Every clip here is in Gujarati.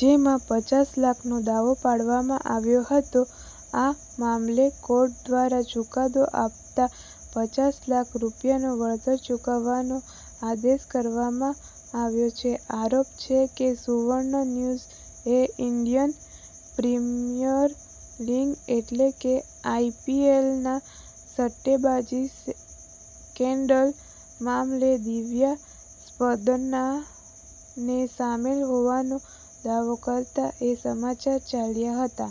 જેમાં પચાસ લાખનો દાવો પાડવામાં આવ્યો હતો આ મામલે કોર્ટ દ્વારા ચુકાદો આપતા પચાસ લાખ રૂપિયાનું વળતર ચૂકવવાનો આદેશ કરવામાં આવ્યો છે. આરોપ છે કે સુવર્ણ ન્યુઝ એ ઇન્ડિયન પ્રીમિયર લીગ એટલે કે આઈપીએલના સટ્ટેબાજી સ્કેન્ડલ મામલે દિવ્યા સ્પંદના ને સામેલ હોવાનો દાવો કરતા એક સમાચાર ચલાવ્યા હતા.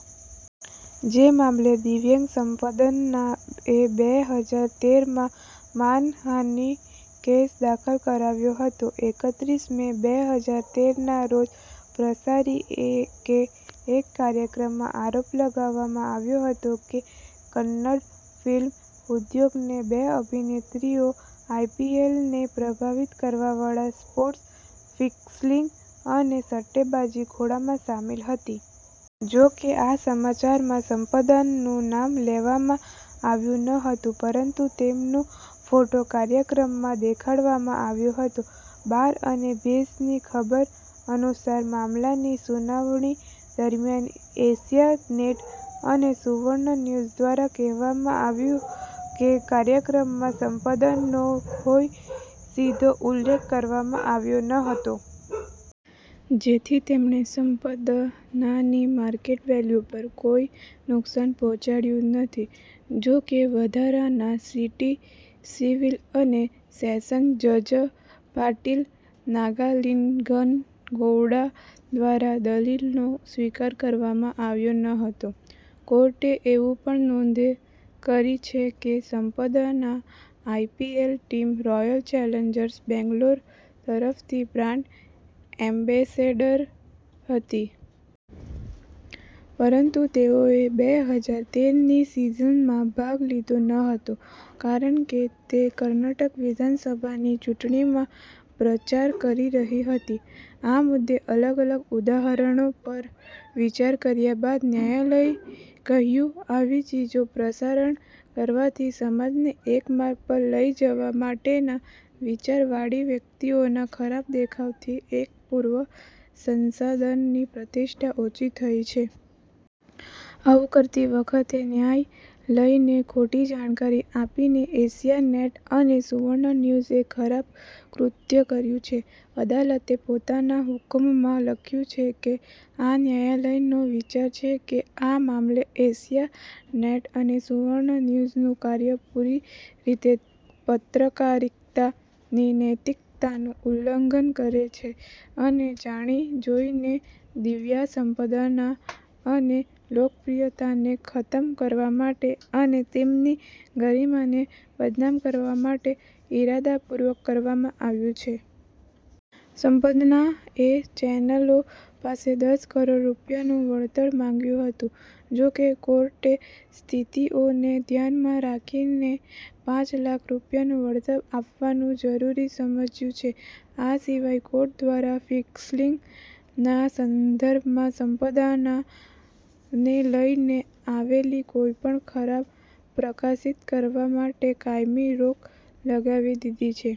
જે મામલે દિવ્યા સ્પંદના એ બે હજાર તેર માં માનહાનિનો કેસ દાખલ કરાવ્યો હતો. એકત્રીસ મે બે હજાર તેર ના રોજ પ્રસારી કે એક કાર્યક્રમમાં આરોપ લગાવવામાં આવ્યો હતો કે કન્નડ ફિલ્મ ઉદ્યોગને બે અભિનેત્રીઓ આઈપીએલને પ્રભાવિત કરવાવાળા સ્પોર્ટ ફિક્સિંગ અને સટ્ટેબાજી ખોળામાં સામેલ હતી. જોકે આ સમાચારમાં સ્પંદના નું નામ લેવામાં આવ્યું નહોતું પરંતુ તેમનો ફોટો કાર્યક્રમમાં દેખાડવામાં આવ્યો હતો. બાર અને ભેંસની ખબર અનુસાર મામલાની સુનાવણી દરમિયાન એશિયા નેટ અને સુવર્ણ ન્યુઝ દ્વારા કહેવામાં આવ્યું કે કાર્યક્રમમાં સ્પંદનો હોય સીધો ઉલ્લેખ કરવામાં આવ્યો નહોતો. જેથી તેમણે સ્પંદનાની માર્કેટ વેલ્યુ પર કોઈ નુકસાન પહોંચાડયું નથી જોકે વધારાના સિટી સિવિલ અને સેશન્સ જજ પાટીલ નાગાલિંગનગૌડા દ્વારા આ દલીલનો સ્વીકાર કરવામાં આવ્યો નહોતો. કોર્ટે એવું પણ નોંધ કરી છે કે Spandana IPL team Royal Challengers Bangalore તરફથી બ્રાન્ડ એમ્બેસેડર હતી. પરંતુ તેઓએ બે હજાર તેર ની સિઝનમાં ભાગ લીધો નહોતો કારણ કે તે કર્ણાટક વિધાનસભાની ચૂંટણીમાં પ્રચાર કરી રહી હતી. આ મુદ્દે અલગ-અલગ ઉદાહરણો પર વિચાર કર્યા બાદ ન્યાયાલય કહ્યું આવી ચીજો પ્રસારણ કરવાથી સમાજને એક માર્ગ પર લઈ જવા માટે ના વિચાર વાળી વ્યક્તિઓના ખરાબ દેખાડવાથી એક પૂર્વ સાંસદ ની પ્રતિષ્ઠા ઓછી થઈ છે. આવું કરતી વખતે ન્યાય લઈને ખોટી જાણકારી આપીને એશિયા નેટ અને સુવર્ણ ન્યુઝ એ ખરાબ કૃત્ય કર્યું છે. અદાલતે પોતાના હુકમમાં લખ્યું છે કે આ ન્યાયાલયનો વિચાર છે કે આ મામલે એશિયા નેટ અને સુવર્ણ ન્યૂઝ નું કાર્ય પૂરી રીતે પત્રકારિતા ની નૈતિકતાનું ઉલ્લંઘન કરે છે અને જાણી જોઈને દિવ્યા સ્પંદના અને લોકપ્રિયતાને ખતમ કરવા માટે અને તેમની ગરિમા ને બદનામ કરવા માટે ઈરાદાપૂર્વક કરવામાં આવ્યું છે. સ્પંદનાએ ચેનલો પાસે દસ કરોડ રૂપિયાનું વળતર માગ્યું હતું. જોકે કોર્ટે સ્થિતિઓને ધ્યાનમાં રાખીને પચાસ લાખ રૂપિયાનું વળતર આપવાનું જરૂરી સમજ્યુ છે, આ સિવાય કોર્ટ દ્વારા ફિક્સિંગ ના સંદર્ભમાં સ્પંદના ને લઈને આવેલી કોઇપણ ખબર પ્રકાશિત કરવા માટે કાયમી રોક લગાવી દીધી છે.